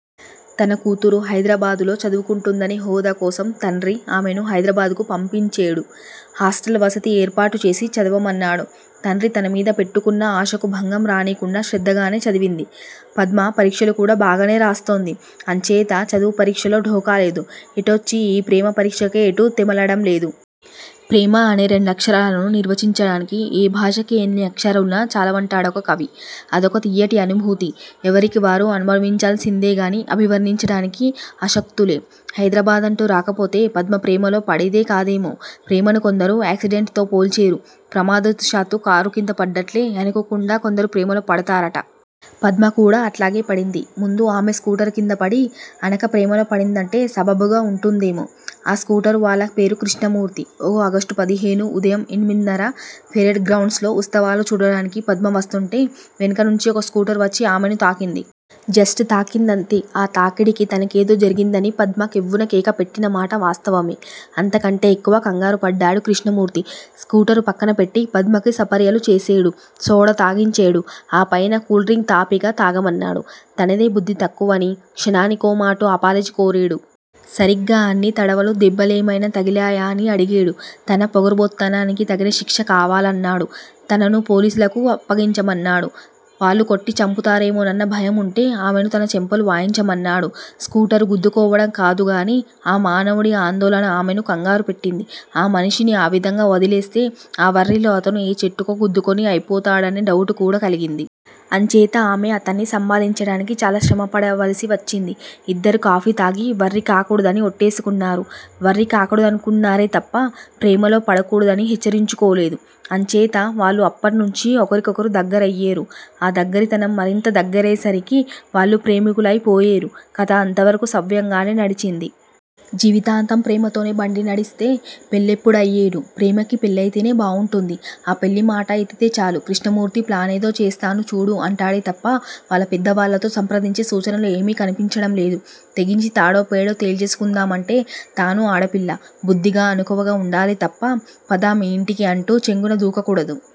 తన కూతురు హైదరాబాదులో చదువుకుంటుందనే హోదాకోసం తండ్రి ఆమెను హైదరాబాదు పంపించేడు. హాస్టల్ వసతి ఏర్పాటుచేసి చదవమన్నాడు. తండ్రి తనమీద పెట్టుకున్న ఆశకు భంగం రానీకుండా శ్రద్ధగానే చదివింది. పద్మ పరీక్షలుకూడా బాగానే రాస్తోంది. అంచేత చదువు పరీక్షలో ఢోకా లేదు. ఎటొచ్చి ఈ ప్రేమ పరీక్షే ఎటూ తెమలడం లేదు. ప్రేమ అనే రెండక్షరాలను నిర్వచించడానికి ఏ భాషకి ఎన్ని అక్షరాలున్నా చాలవంటాడొక కవి. అదొక తియ్యటి అనుభూతి ఎవరికి వారు అనుభవించాల్సిందేగాని అభివర్ణించడానికి అశక్తులే! హైదరాబాదంటూ రాకపోతే పద్మ ప్రేమలో పడేది కాదేమో. ప్రేమను కొందరు ఏక్సిడెంట్ తో పోల్చేరు. ప్రమాదవశాత్తూ కారుకింద పడ్డట్లే అనుకోకుండా కొందరు ప్రేమలో పడతారుట. పద్మ కూడా అట్లాగే పడింది. ముందు ఆమె స్కూటరుకిందపడి ఆనక ప్రేమలో పడిందంటే సబబుగా ఉంటుందేమో. ఆ స్కూటరువాలా పేరు కృష్ణమూర్తి. ఒక ఆగస్టు పదిహేను. ఉదయం ఎనిమిదిన్నర. పెరేడ్ గ్రౌండ్సులో ఉత్సవాలు చూడటానికి పద్మ వస్తుంటే వెనకనుంచి ఒక స్కూటరు వచ్చి ఆమెను తాకింది. జస్టు తాకిందంతే! ఆ తాకిడికి తనకేదో జరిగిందని పద్మ కెవ్వున కేక పెట్టినమాట వాస్తవమే. అంతకంటే ఎక్కువ ఖంగారుపడ్డాడు కృష్ణమూర్తి. స్కూటరు ప్రక్కనపెట్టి పద్మకి సపర్యలు చేసేడు. సోడా తాగించేడు. ఆపైన కూల్ డ్రింక్ తాపీగా తాగమన్నాడు. తనదే బుద్ధి తక్కువని క్షణానికోమాటు అపాలజీ కోరేడు. సరిగ్గా అన్ని తడవలూ దెబ్బలేమైనా తగిలేయా అని అడిగేడు. తన పొగరబోత్తనానికి తగిన శిక్ష కావాలన్నాడు. తనను పోలీసులకు వప్పగించమన్నాడు. వాళ్ళు కొట్టి చంపుతారేమోనన్న భయముంటే ఆమెను తన చెంపలు వాయించమన్నాడు. స్కూటరు గుద్దుకోవడం కాదుగానీ ఆ మానవుడి ఆందోళన ఆమెను ఖంగారు పెట్టింది. ఆ మనిషిని ఆ విధంగా వదిలేస్తే ఆ వర్రీలో అతను ఏ చెట్టుకో గుద్దుకొని అయిపోతాడనే డవుటు కూడా కలిగింది. అంచేత ఆమె అతన్ని సంబాళించడానికి చాలా శ్రమ పడవలసి వచ్చింది. ఇద్దరూ కాఫీతాగి వర్రీ కాకూడదని ఒట్టేసుకున్నారు. వర్రీ కాకూడదనుకున్నారే తప్ప ప్రేమలో పడకూడదని హెచ్చరించుకోలేదు. అంచేత వాళ్ళు అప్పట్నుంచీ ఒకరికొకరు దగ్గరయ్యేరు. ఆ దగ్గిరితనం మరింత దగ్గరయ్యేసరికి వాళ్ళు ప్రేమికులై పోయేరు. కథ అంతవరకూ సవ్యంగానే నడిచింది. జీవితాంతం ప్రేమతోనే బండినడిస్తే పెళ్లెప్పుడయ్యేను! ప్రేమకి పెళ్ళయితేనే బావుంటుంది. ఆ పెళ్ళిమాట ఎత్తితేచాలు కృష్ణమూర్తి ప్లానేదో చేస్తాను చూడు అంటాడే తప్ప వాళ్ళ పెద్దవాళ్ళతో సంప్రదించే సూచనలు ఏమీ కనిపించడం లేదు. తెగించి తాడోపేడో తెల్చేసుకుందామంటే తాను ఆడపిల్ల. బుద్ధిగా అణుకువగా వుండాలేతప్ప పద మీ యింటికి అంటూ చెంగునదూక కూడదు.